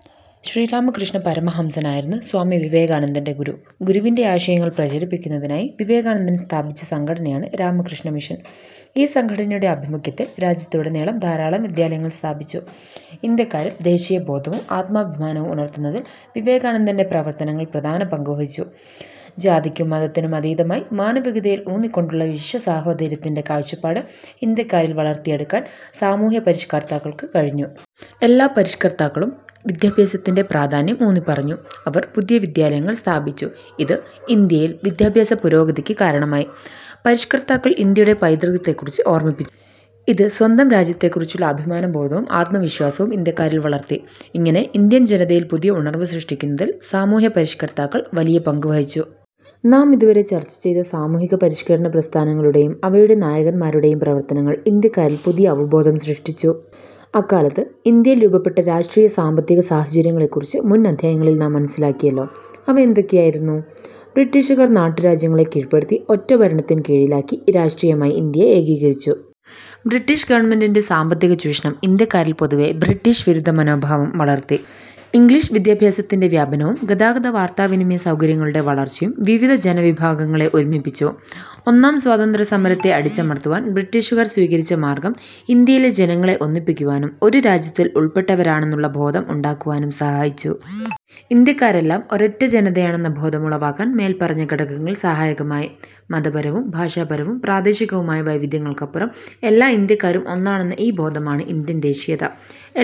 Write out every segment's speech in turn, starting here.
" ശ്രീരാമകൃഷ്ണപരമ ഹംസൻ ആയിരുന്നു സ്വാമി വിവേകാനന്ദന്റെ ഗുരു. ഗുരുവിന്റെ ആശയങ്ങൾ പ്രചരിപ്പിക്കുന്നതിനായി വിവേകാനന്ദൻ സ്ഥാപിച്ച സംഘടനയാണ് രാമകൃഷ്ണ മിഷൻ. ഈ സംഘടനയുടെ ആഭിമുഖ്യത്തിൽ രാജ്യത്തുടനീളം ധാരാളം വിദ്യാലയങ്ങൾ സ്ഥാപിച്ചു. ഇന്ത്യക്കാരിൽ ദേശീയബോധവും ആത്മാഭിമാനവും ഉണർത്തുന്നതിൽ വിവേകാനന്ദന്റെ പ്രവർത്തനങ്ങൾ പ്രധാന പങ്കുവഹിച്ചു. ജാതിക്കും മതത്തിനും അതീതമായി മാനവികതയിൽ ഊന്നിക്കൊണ്ടുള്ള വിശ്വസാഹോദര്യത്തിന്റെ കാഴ്ചപ്പാട് ഇന്ത്യക്കാരിൽ വളർത്തിയെടുക്കാൻ സാമൂഹ്യപരിഷ്കർത്താക്കൾക്ക് കഴിഞ്ഞു. എല്ലാ പരിഷ്കർത്താക്കളും വിദ്യാഭ്യാസത്തിന്റെ പ്രാധാന്യം ഊന്നിപ്പറഞ്ഞു. അവർ പുതിയ വിദ്യാലയങ്ങൾ സ്ഥാപിച്ചു. ഇത് ഇന്ത്യയിൽ വിദ്യാഭ്യാസപുരോഗതിക്ക് കാരണമായി. പരിഷ്കർത്താക്കൾ ഇന്ത്യയുടെ പൈതൃകത്തെക്കുറിച്ച് ഓർമ്മിപ്പിച്ചു. ഇത് സ്വന്തം രാജ്യത്തെക്കുറിച്ചുള്ള അഭിമാനബോധവും ആത്മവിശ്വാസവും ഇന്ത്യക്കാരിൽ വളർത്തി. ഇങ്ങനെ ഇന്ത്യൻ ജനതയിൽ പുതിയ ഉണർവ് സൃഷ്ടിക്കുന്നതിൽ സാമൂഹ്യപരിഷ്കർത്താക്കൾ വലിയ പങ്കുവഹിച്ചു. നാം ഇതുവരെ ചർച്ച ചെയ്ത സാമൂഹിക പരിഷ്കരണ പ്രസ്ഥാനങ്ങളുടെയും അവയുടെ നായകൻമാരുടെയും പ്രവർത്തനങ്ങൾ ഇന്ത്യാക്കാരിൽ പുതിയ അവബോധം സൃഷ്ടിച്ചു. അക്കാലത്ത് ഇന്ത്യയിൽ രൂപപ്പെട്ട രാഷ്ട്രീയ-സാമ്പത്തിക സാഹചര്യങ്ങളെക്കുറിച്ച് മുൻ അധ്യായങ്ങളിൽ നാം മനസ്സിലാക്കിയല്ലോ. അവ എന്തൊക്കെയായിരുന്നു? ബ്രിട്ടീഷുകാർ നാട്ടുരാജ്യങ്ങളെ കീഴ്പ്പെടുത്തി ഒറ്റ ഭരണത്തിൻ കീഴിലാക്കി രാഷ്ട്രീയമായി ഇന്ത്യയെ ഏകീകരിച്ചു. ബ്രിട്ടീഷ് ഗവൺമെന്റിന്റെ സാമ്പത്തിക ചൂഷണം ഇന്ത്യക്കാരിൽ പൊതുവെ ബ്രിട്ടീഷ് വിരുദ്ധ മനോഭാവം വളർത്തി. ഇംഗ്ലീഷ് വിദ്യാഭ്യാസത്തിന്റെ വ്യാപനവും ഗതാഗത-വാർത്താവിനിമയ സൗകര്യങ്ങളുടെ വളർച്ചയും വിവിധ ജനവിഭാഗങ്ങളെ ഒരുമിപ്പിച്ചു. ഒന്നാം സ്വാതന്ത്ര്യസമരത്തെ അടിച്ചമർത്തുവാൻ ബ്രിട്ടീഷുകാർ സ്വീകരിച്ച മാർഗ്ഗം ഇന്ത്യയിലെ ജനങ്ങളെ ഒന്നിപ്പിക്കുവാനും ഒരു രാജ്യത്തിൽ ഉൾപ്പെട്ടവരാണെന്നുള്ള ബോധം ഉണ്ടാക്കുവാനും സഹായിച്ചു. ഇന്ത്യക്കാരെല്ലാം ഒരൊറ്റ ജനതയാണെന്ന ബോധം ഉളവാക്കാൻ മേൽപ്പറഞ്ഞ ഘടകങ്ങൾ സഹായകമായി. മതപരവും ഭാഷാപരവും പ്രാദേശികവുമായ വൈവിധ്യങ്ങൾക്കപ്പുറം എല്ലാ ഇന്ത്യാക്കാരും ഒന്നാണെന്ന ഈ ബോധമാണ് ഇന്ത്യൻ ദേശീയത.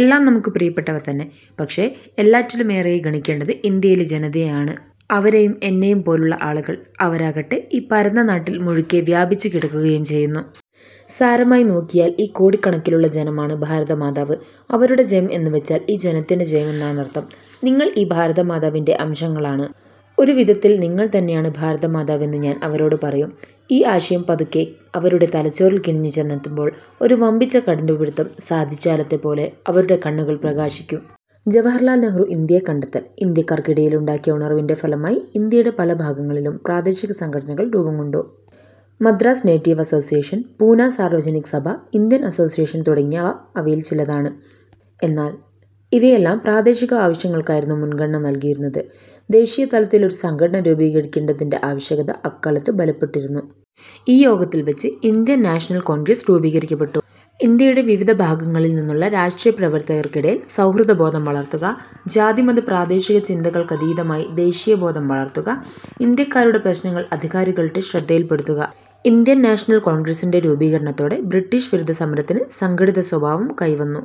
എല്ലാം നമുക്കു പ്രിയപ്പെട്ടവതന്നെ. പക്ഷേ എല്ലാറ്റിലുമേറെയായി ഗണിക്കേണ്ടത് ഇന്ത്യയിലെ ജനതയെയാണ്. അവരെയും എന്നെയും പോലുള്ള ആളുകൾ. അവരാകട്ടെ ഈ പരന്ന നാട്ടിൽ മുഴുക്കെ വ്യാപിച്ചു കിടക്കുകയും ചെയ്യുന്നു. സാരമായി നോക്കിയാൽ ഈ കോടിക്കണക്കിലുള്ള ജനമാണ് ഭാരതമാതാവ്. അവരുടെ ജയം എന്നുവെച്ചാൽ ഈ ജനത്തിന്റെ ജയം എന്നാണർത്ഥം. നിങ്ങൾ ഈ ഭാരതമാതാവിന്റെ അംശങ്ങളാണ്. ഒരു വിധത്തിൽ നിങ്ങൾ തന്നെയാണ് ഭാരതമാതാവ് എന്നു ഞാൻ അവരോടു പറയും. ഈ ആശയം പതുക്കെ അവരുടെ തലച്ചോറിൽ കിനിഞ്ഞു ചെന്നെത്തുമ്പോൾ, ഒരു വമ്പിച്ച കണ്ടുപിടിത്തം സാധിച്ചാലത്തെപ്പോലെ അവരുടെ കണ്ണു കൾ പ്രകാശിക്കും. ജവഹർലാൽ നെഹ്റു ഇന്ത്യയെ കണ്ടെത്തൽ ഇന്ത്യക്കാർക്കിടയിലുണ്ടായ ഉണർവിന്റെ ഫലമായി ഇന്ത്യയുടെ പല ഭാഗങ്ങളിലും പ്രാദേശിക സംഘടനകൾ രൂപംകൊണ്ടു. Madras native association, Poona Sarvajanik Sabha, Indian association തുടങ്ങിയവ അവയിൽ ചിലതാണ്. എന്നാൽ ഇവയെല്ലാം പ്രാദേശിക ആവശ്യങ്ങൾക്കായിരുന്നു മുൻഗണന നൽകിയിരുന്നത്. ദേശീയതലത്തിൽ ഒരു സംഘടന രൂപീകരിക്കേണ്ടതിന്റെ ആവശ്യകത അക്കാലത്ത് ബലപ്പെട്ടിരുന്നു. ഈ യോഗത്തിൽ വച്ച് ഇന്ത്യൻ നാഷണൽ കോൺഗ്രസ് രൂപീകരിക്കപ്പെട്ടു. ഇന്ത്യയുടെ വിവിധ ഭാഗങ്ങളിൽനിന്നുള്ള രാഷ്ട്രീയ പ്രവർത്തകർക്കിടയിൽ സൗഹൃദ ബോധം വളർത്തുക. ജാതി-മത-പ്രാദേശിക ചിന്തകൾക്കതീതമായി ദേശീയബോധം വളർത്തുക. ഇന്ത്യക്കാരുടെ പ്രശ്നങ്ങൾ അധികാരികളുടെ ശ്രദ്ധയിൽപ്പെടുത്തുക. ഇന്ത്യൻ നാഷണൽ കോൺഗ്രസിന്റെ രൂപീകരണത്തോടെ ബ്രിട്ടീഷ് വിരുദ്ധ സമരത്തിന് സംഘടിത സ്വഭാവം കൈവന്നു.